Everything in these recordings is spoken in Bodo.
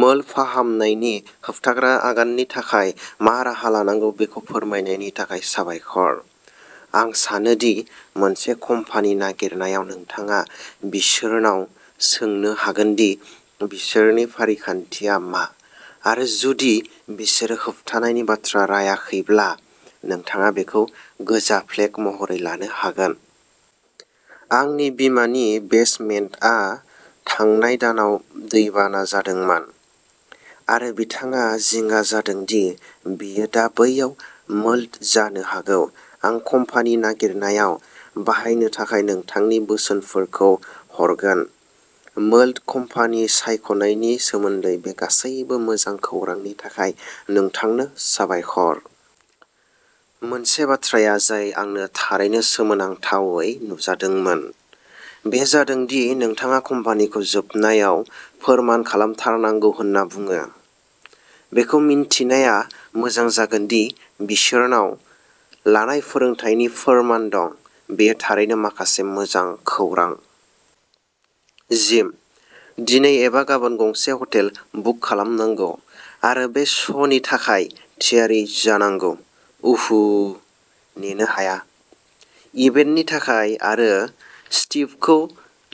मोल्ड फाहामनायनि होबथाग्रा आगाननि थाखाय मा राहा लानांगौ बेखौ फोरमायनायनि थाखाय साबायखर। आं सानो दि मोनसे कम्पानि नागिरनायाव नोंथाङा बिसोरनाव सोंनो हागोन दि बिसोरनि फारिखान्थिआ मा, आरो जुदि बिसोरो होबथानायनि बाथ्रा रायाखैब्ला नोंथाङा बेखौ गोजा फ्लेग महरै लानो हागोन। आंनि बिमानि बेसमेन्टआ थांनाय दानाव दैबाना जादोंमोन आरो बिथाङा जिंगा जादों दि बियो दा बैयाव मोल्ड जानो हागौ। आं कम्पानी नागिरनायाव बाहायनो थाखाय नोंथांनि बोसोनफोरखौ हरगोन। मोल्ड कम्पानि सायख'नायनि सोमोन्दै बे गासैबो मोजां खौरांनि थाखाय नोंथांनो साबायखर! मोनसे बाथ्राया जाय आंनो थारैनो सोमोनांथावै नुजादोंमोन बेयो जादों दि नोंथाङा कम्पानिखौ जोबनायाव फोरमान खालामथारनांगौ होनना बुङो। बेखौ मिन्थिनाया मोजां जागोन दि बिसोरनाव बिसोर लानाय फोरोंथायनि फोरमान दं। बेयो थारैनो माखासे मोजां खौरां। जिम! दिनै एबा गाबोन गंसे हटेल बुक खालामनांगौ आरो बे श'नि थाखाय थियारि जानांगौ! उहु! नेनो हाया! इभेन्टनि थाखाय आरो स्टीवखौ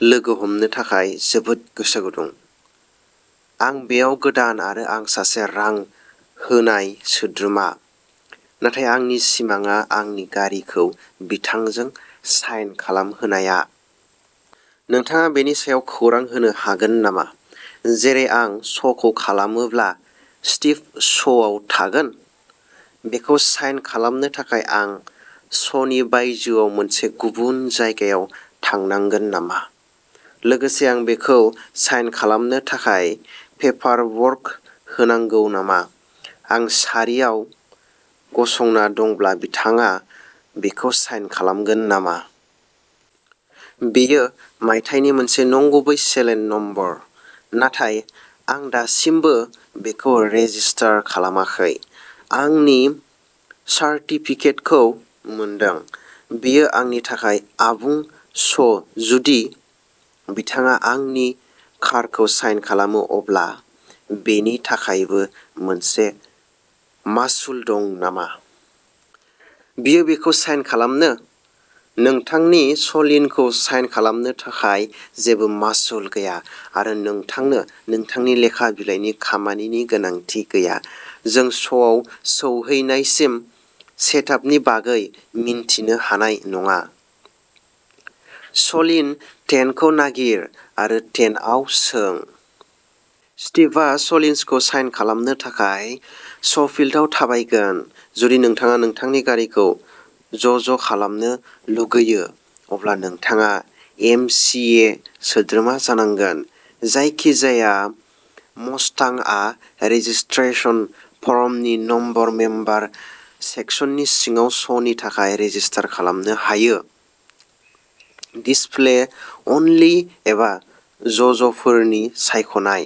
लोगो हमनो थाखाय जोबोद गोसो गुदुं!! आं बेयाव गोदान आरो आं सासे रां होनाय सोद्रोमा, नाथाय आंनि सिमांआ आंनि गारिखौ बिथांजों साइन खालामहोनाया। नोंथाङा बेनि सायाव खौरां होनो हागोन नामा जेरै आं श'खौ खालामोब्ला स्टीव श'आव थागोन? बेखौ साइन खालामनो थाखाय आं श'नि बायजोआव मोनसे गुबुन जायगायाव थांनांगोन नामा? लोगोसे आं बेखौ साइन खालामनो थाखाय पेपारवर्क होनांगौ नामा, आं सारियाव गसंना दंब्ला बिथाङा बेखौ साइन खालामगोन नामा। बेयो मायथाइनि मोनसे नंगुबै सेलेन नम्बर नाथाय आं दासिमबो बेखौ रेजिस्टार खालामाखै, आंनि सार्टिफिकेटखौ मोनदों। बेयो आंनि थाखाय आबुं श ', जुदि बिथाङा आंनि कारखौ साइन खालामो, अब्ला बेनि थाखायबो मोनसे मासुल दं नामा? बियो बेखौ साइन खालामनो? नोंथांनि सलीनखौ साइन खालामनो थाखाय जेबो मासुल गैया, आरो नोंथांनो नोंथांनि लेखा बिलाइनि खामानिनि गोनांथि गैया। जों श'आव सौहैनायसिम सेटआपनि बागै मिन्थिनो हानाय नङा। सलीन टेन्टखौ नागिर आरो टेन्टआव सों। स्टिभआ सलिन्सखौ साइन खालामनो थाखाय श'फील्डआव थाबायगोन। जुदि नोंथाङा नोंथांनि गारिखौ जज खालामनो लुगैयो, अब्ला नोंथाङा एम. चि. ए. सोद्रोमा जानांगौ। जायखिजाया मस्टांआ रेजिस्ट्रेशन फर्मनि नन-मेम्बार सेक्सननि सिङाव श'नि थाखाय रेजिस्टार खालामनो हायो-डिसप्ले अनलि एबा जजफोरनि सायख'नाय।